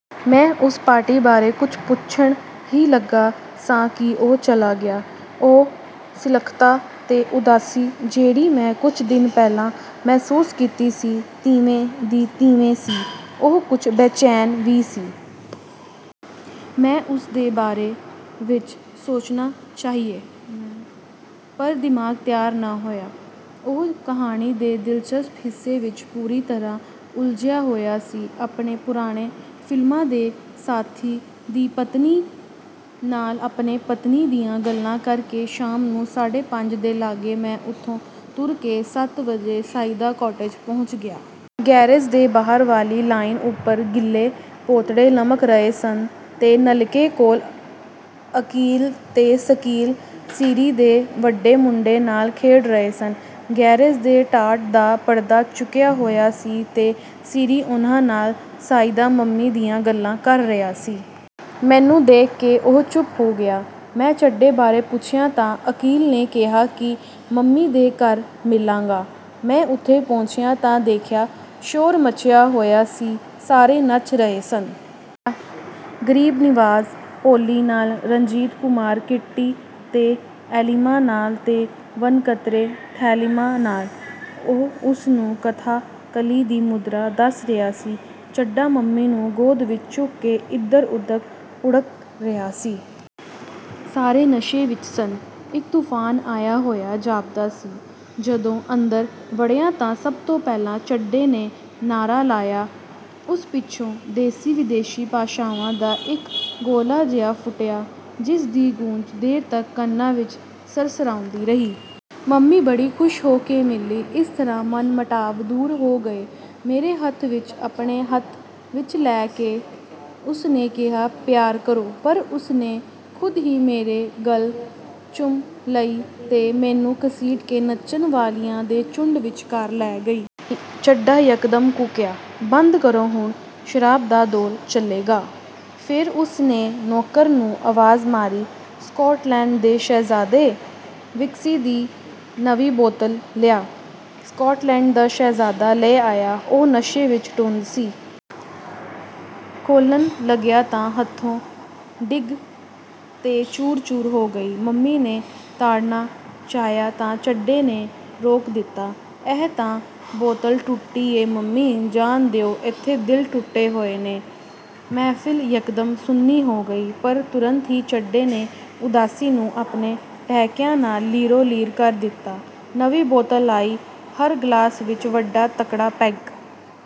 ਮੈਂ ਉਸ ਪਾਟੀ ਬਾਰੇ ਕੁਝ ਪੁੱਛਣ ਹੀ ਲੱਗਾ ਸਾਂ ਕਿ ਉਹ ਚਲਾ ਗਿਆ। ਉਹ ਸਿਲੱਖਤਾ ਤੇ ਉਦਾਸੀ ਜਿਹੜੀ ਮੈਂ ਕੁਝ ਦਿਨ ਪਹਿਲਾਂ ਮਹਿਸੂਸ ਕੀਤੀ ਸੀ, ਤਿਵੇਂ ਦੀ ਤਿਵੇਂ ਸੀ। ਉਹ ਕੁਝ ਬੇਚੈਨ ਵੀ ਸੀ। ਮੈਂ ਉਸਦੇ ਬਾਰੇ ਵਿਚ ਸੋਚਣਾ ਚਾਹਿਏ, ਪਰ ਦਿਮਾਗ ਤਿਆਰ ਨਾ ਹੋਇਆ। ਉਹ ਕਹਾਣੀ ਦੇ ਦਿਲਚਸਪ ਹਿੱਸੇ ਵਿਚ ਪੂਰੀ ਤਰ੍ਹਾਂ ਉਲਝਿਆ ਹੋਇਆ ਸੀ। ਆਪਣੇ ਪੁਰਾਣੇ ਫਿਲਮਾਂ ਦੇ ਸਾਥੀ ਦੀ ਪਤਨੀ ਨਾਲ ਆਪਣੀ ਪਤਨੀ ਦੀਆਂ ਗੱਲਾਂ ਕਰਕੇ ਸ਼ਾਮ ਨੂੰ ਸਾਢੇ ਪੰਜ ਦੇ ਲਾਗੇ ਮੈਂ ਉੱਥੋਂ ਤੁਰ ਕੇ ਸੱਤ ਵਜੇ ਸਾ਼ਈਦਾ ਕਾਟੇਜ ਪਹੁੰਚ ਗਿਆ। ਗੈਰੇਜ ਦੇ ਬਾਹਰ ਵਾਲੀ ਲਾਅਨ ਉਪਰ ਗਿੱਲੇ ਪੋਤੜੇ ਲਮਕ ਰਹੇ ਸਨ ਤੇ ਨਲਕੇ ਕੋਲ ਅਕੀਲ ਤੇ ਸਕੀਲ ਸੀਰੀਂ ਦੇ ਵੱਡੇ ਮੁੰਡੇ ਨਾਲ ਖੇਡ ਰਹੇ ਸਨ। ਗੈਰੇਜ ਦੇ ਟਾਟ ਦਾ ਪਰਦਾ ਚੁੱਕਿਆ ਹੋਇਆ ਸੀ ਤੇ ਸੀਰੀਂ ਉਹਨਾਂ ਨਾਲ ਸ਼ਾਇਦ ਮੰਮੀ ਦੀਆਂ ਗੱਲਾਂ ਕਰ ਰਹਿਆ ਸੀ। ਮੈਨੂੰ ਦੇਖ ਕੇ ਉਹ ਚੁੱਪ ਹੋ ਗਿਯਾ। ਮੈਂ ਚੱਡੇ ਬਾਰੇ ਪੁੱਛਿਆ ਤਾਂ ਅਕੀਲ ਨੇ ਕਿਹਾ ਕਿ ਮੰਮੀ ਦੇ ਘਰ ਮਿਲਾਂਗਾ। ਮੈਂ ਉੱਥੇ ਪਹੁੰਚਿਆ ਤਾਂ ਦੇਖਿਆ, ਸ਼ੋਰ ਮੱਚਿਆ ਹੋਇਆ ਸੀ ਸਾਰੇ ਨੱਚ ਰਹੇ ਸਨ। ਗਰੀਬ ਨਿਵਾਜ ਪੋਲੀ ਨਾਲ, ਰਣਜੀਤ ਕੁਮਾਰ ਕਿੱਟੀ ਤੇ ਐਲਿਮਾ ਨਾਲ ਤੇ ਵਣਕਤਰੇ ਥੈਲਿਮਾ ਨਾਲ। ਉਹ ਉਸਨੂੰ ਕਥਾ ਕਲੀ ਦੀ ਮੁਦਰਾ ਦਸ ਰਿਹਾ ਸੀ। ਚੱਡਾ ਮੰਮੀ ਨੂੰ ਗੋਦੀ ਵਿਚ ਚੁੱਕ ਕੇ ਇਧਰ-ਉਧਰ ਭੁੜਕ ਰਿਹਾ ਸੀ। ਸਾਰੇ ਨਸ਼ੇ ਵਿਚ ਸਨ। ਇਕ ਤੂਫਾਨ ਆਇਆ ਹੋਇਆ ਜਾਪਦਾ ਸੀ। ਜਦੋਂ ਅੰਦਰ ਵੜਿਆ ਤਾਂ ਸਭ ਤੋਂ ਪਹਿਲਾਂ ਚੱਡੇ ਨੇ ਨਾਅਰਾ ਲਾਇਆ। ਉਸ ਪਿੱਛੋਂ ਦੇਸੀ ਵਿਦੇਸ਼ੀ ਭਾਸ਼ਾਵਾਂ ਦਾ ਇਕ ਗੋਲਾ ਜਿਹਾ ਫੁੱਟਿਆ, ਜਿਸ ਦੀ ਗੂੰਜ ਦੇਰ ਤਕ ਕੰਨਾਂ ਵਿਚ ਸਰਸਰਾਉਂਦੀ ਰਹੀ। ਮੰਮੀ ਬੜੀ ਖੁਸ਼ ਹੋ ਕੇ ਮਿਲੀ। ਇਸ ਤਰ੍ਹਾਂ ਮਨਮਟਾਵ ਦੂਰ ਹੋ ਗਏ। ਮੇਰੇ ਹੱਥ ਵਿੱਚ ਆਪਣੇ ਹੱਥ ਵਿਚ ਲੈ ਕੇ ਉਸਨੇ ਕਿਹਾ, ਪਿਆਰ ਕਰੋ! " ਪਰ ਉਸਨੇ ਖ਼ੁਦ ਹੀ ਮੇਰੀ ਗੱਲ੍ਹ ਚੁੰਮ ਲਈ ਤੇ ਮੈਨੂੰ ਘਸੀਟ ਕੇ ਨੱਚਣ ਵਾਲਿਆਂ ਦੇ ਝੂੰਡ ਵਿਚਕਾਰ ਲੈ ਗਈ। ਚੱਡਾ ਯਕਦਮ ਕੂਕਿਆ, "ਬੰਦ ਕਰੋ ਹੁਣ ਸ਼ਰਾਬ ਦਾ ਦੌਰ ਚੱਲੇਗਾ! " ਫੇਰ ਉਸਨੇ ਨੌਕਰ ਨੂੰ ਆਵਾਜ਼ ਮਾਰੀ, "ਸਕਾਟਲੈਂਡ ਦੇ ਸ਼ਹਿਜ਼ਾਦੇ! ਵਿਸਕੀ ਦੀ ਨਵੀਂ ਬੋਤਲ ਲਿਆ! " ਸਕਾਟਲੈਂਡ ਦਾ ਸ਼ਹਿਜ਼ਾਦਾ ਲੈ ਆਇਆ। ਉਹ ਨਸ਼ੇ ਵਿਚ ਟੁੰਨ ਸੀ। ਖੋਹਲਣ ਲੱਗਿਆ ਤਾਂ ਹੱਥੋਂ ਡਿੱਗੀ ਤੇ ਚੂਰ-ਚੂਰ ਹੋ ਗਈ। ਮੰਮੀ ਨੇ ਤਾੜਨਾਂ ਚਾਹਿਆ ਤਾਂ ਚੱਡੇ ਨੇ ਰੋਕ ਦਿੱਤਾ, "ਇਹ ਤਾਂ ਬੋਤਲ ਟੁੱਟੀ ਏ ਮੰਮੀ, ਜਾਣ ਦਿਓ, ਏਥੇ ਦਿਲ ਟੁੱਟੇ ਹੋਏ ਨੇ। " ਮਹਿਫ਼ਿਲ ਯਕਦਮ ਸੁੰਨੀ ਹੋ ਗਈ, ਪਰ ਤੁਰੰਤ ਹੀ ਚੱਡੇ ਨੇ ਉਦਾਸੀ ਨੂੰ ਆਪਣੇ ਠਹਾਕਿਆਂ ਨਾਲ ਲੀਰੋ-ਲੀਰ ਕਰ ਦਿੱਤਾ। ਨਵੀਂ ਬੋਤਲ ਆਈ। ਹਰ ਗਲਾਸ ਵਿਚ ਵੱਡਾ ਤਕੜਾ ਪੈਗ